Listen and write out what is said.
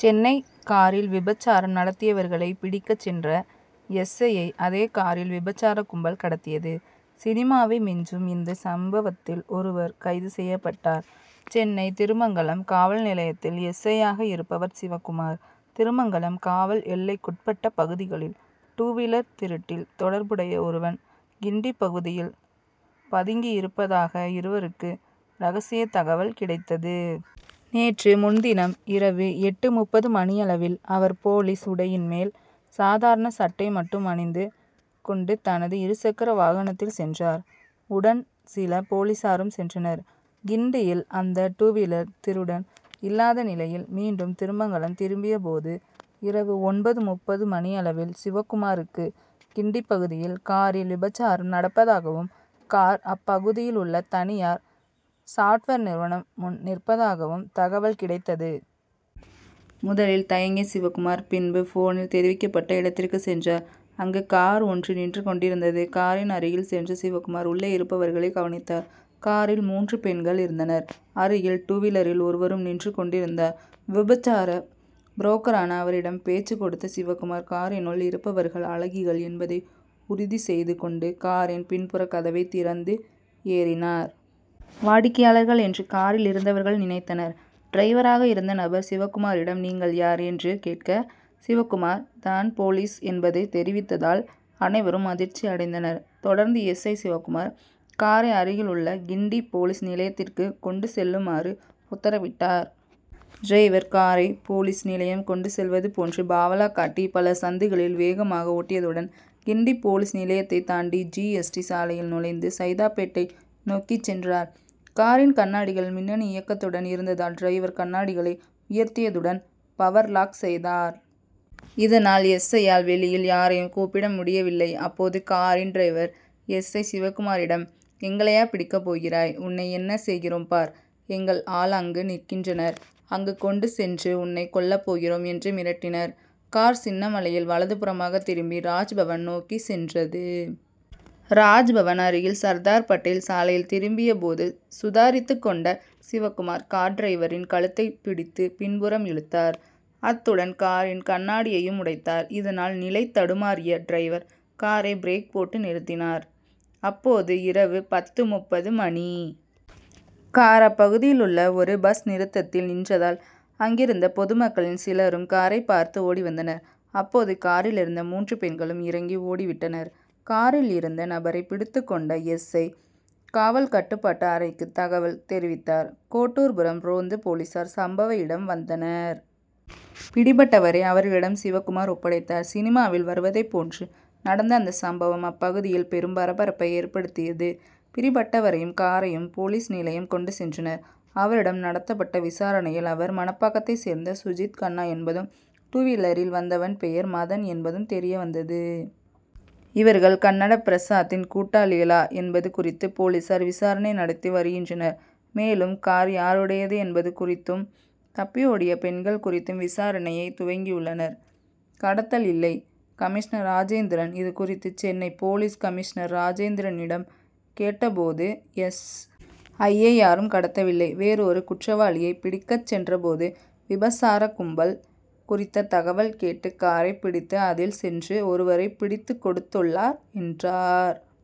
சென்னை காரில் விபசாரம் நடத்தியவர்களை பிடிக்கச் சென்ற எஸ். ஐ.யை அதே காரில் விபசார கும்பல் கடத்தியது. சினிமாவை மிஞ்சும் இந்த சம்பவத்தில் ஒருவர் கைது செய்யப்பட்டார். சென்னை திருமங்கலம் காவல் நிலையத்தில் எஸ். ஐ.யாக இருப்பவர் சிவக்குமார். திருமங்கலம் காவல் எல்லைக்குட்பட்ட பகுதிகளில் டூவீலர் திருட்டில் தொடர்புடைய ஒருவன் கிண்டி பகுதியில் பதுங்கியிருப்பதாக இருவருக்கு ரகசிய தகவல் கிடைத்தது. நேற்று முன்தினம் இரவு எட்டு முப்பது மணியளவில் அவர் போலீஸ் உடையின் மேல் சாதாரண சட்டை மட்டும் அணிந்து கொண்டு தனது இருசக்கர வாகனத்தில் சென்றார். உடன் சில போலீசாரும் சென்றனர். கிண்டியில் அந்த டூவீலர் திருடன் இல்லாத நிலையில் மீண்டும் திருமங்கலம் திரும்பிய போது இரவு ஒன்பது முப்பது மணியளவில் சிவக்குமாருக்கு கிண்டி பகுதியில் காரில் விபசாரம் நடப்பதாகவும் கார் அப்பகுதியில் உள்ள தனியார் சாப்ட்வேர் நிறுவனம் முன் நிற்பதாகவும் தகவல் கிடைத்தது. முதலில் தயங்கிய சிவக்குமார் பின்பு போனில் தெரிவிக்கப்பட்ட இடத்திற்கு சென்றார். அங்கு கார் ஒன்று நின்று கொண்டிருந்தது. காரின் அருகில் சென்ற சிவக்குமார் உள்ளே இருப்பவர்களை கவனித்தார். காரில் மூன்று பெண்கள் இருந்தனர். அருகில் டூவீலரில் ஒருவரும் நின்று கொண்டிருந்தார். விபசார புரோக்கரான அவரிடம் பேச்சுக் கொடுத்த சிவக்குமார் காரினுள் இருப்பவர்கள் அழகிகள் என்பதை உறுதி செய்து கொண்டு காரின் பின்புற கதவை திறந்து ஏறினார். வாடிக்கையாளர்கள் என்று காரில் இருந்தவர்கள் நினைத்தனர். டிரைவராக இருந்த நபர் சிவக்குமாரிடம் நீங்கள் யார்? என்று கேட்க சிவக்குமார் தான் போலீஸ் என்பதை தெரிவித்ததால் அனைவரும் அதிர்ச்சி அடைந்தனர். தொடர்ந்து எஸ். ஐ. சிவக்குமார் காரை அருகில் உள்ள கிண்டி போலீஸ் நிலையத்திற்கு கொண்டு செல்லுமாறு உத்தரவிட்டார். டிரைவர் காரை போலீஸ் நிலையம் கொண்டு செல்வது போன்று பாவலா காட்டி பல சந்துகளில் வேகமாக ஓட்டியதுடன் கிண்டி போலீஸ் நிலையத்தை தாண்டி ஜி. எஸ். டி. சாலையில் நுழைந்து சைதாப்பேட்டை நோக்கிச் சென்றார். காரின் கண்ணாடிகள் மின்னணு இயக்கத்துடன் இருந்ததால் டிரைவர் கண்ணாடிகளை உயர்த்தியதுடன் பவர் லாக் செய்தார். இதனால் எஸ். ஐ.யால் வெளியில் யாரையும் கூப்பிட முடியவில்லை. அப்போது காரின் டிரைவர் எஸ். ஐ. சிவக்குமாரிடம் எங்களையா பிடிக்கப் போகிறாய். உன்னை என்ன செய்கிறோம் பார். எங்கள் ஆள் அங்கு நிற்கின்றனர். அங்கு கொண்டு சென்று உன்னை கொல்லப் போகிறோம் என்று மிரட்டினார். கார் சின்னமலையில் வலதுபுறமாக திரும்பி ராஜ்பவன் நோக்கிச் சென்றது. ராஜ் பவன் அருகில் சர்தார் படேல் சாலையில் திரும்பிய போது சுதாரித்துக் கொண்ட சிவக்குமார் கார் டிரைவரின் கழுத்தை பிடித்து பின்புறம் இழுத்தார். அத்துடன் காரின் கண்ணாடியையும் உடைத்தார். இதனால் நிலைதடுமாறிய டிரைவர் காரை பிரேக் போட்டு நிறுத்தினார். அப்போது இரவு பத்து முப்பது மணி. கார் அப்பகுதியில் உள்ள ஒரு பஸ் நிறுத்தத்தில் நின்றதால் அங்கிருந்த பொதுமக்களின் சிலரும் காரை பார்த்து ஓடிவந்தனர். அப்போது காரில் இருந்த மூன்று பெண்களும் இறங்கி ஓடிவிட்டனர். காரில் இருந்த நபரை பிடித்துக்கொண்ட எஸ். ஐ. காவல் கட்டுப்பாட்டு அறைக்கு தகவல் தெரிவித்தார். கோட்டூர்புரம் ரோந்து போலீசார் சம்பவ இடம் வந்தனர். பிடிபட்டவரை அவர்களிடம் சிவக்குமார் ஒப்படைத்தார். சினிமாவில் வருவதை போன்று நடந்த அந்த சம்பவம் அப்பகுதியில் பெரும் பரபரப்பை ஏற்படுத்தியது. பிடிபட்டவரையும் காரையும் போலீஸ் நிலையம் கொண்டு சென்றனர். அவரிடம் நடத்தப்பட்ட விசாரணையில் அவர் மணப்பாக்கத்தை சேர்ந்த சுஜித் கண்ணா என்பதும் டூவீலரில் வந்தவன் பெயர் மதன் என்பதும் தெரியவந்தது. இவர்கள் கன்னட பிரசாத்தின் கூட்டாளிகளா என்பது குறித்து போலீசார் விசாரணை நடத்தி வருகின்றனர். மேலும் கார் யாருடையது என்பது குறித்தும் தப்பி ஓடிய பெண்கள் குறித்தும் விசாரணையை துவங்கியுள்ளனர். கடத்தல் இல்லை கமிஷனர் ராஜேந்திரன் இதுகுறித்து சென்னை போலீஸ் கமிஷனர் ராஜேந்திரனிடம் கேட்ட போது எஸ். ஐ.யை யாரும் கடத்தவில்லை. வேறு ஒரு குற்றவாளியை பிடிக்கச் சென்ற போது விபசார கும்பல் குறித்த தகவல் கேட்டு காரை பிடித்து அதில் சென்று ஒருவரை பிடித்துக் கொடுத்துள்ளார் என்றார்.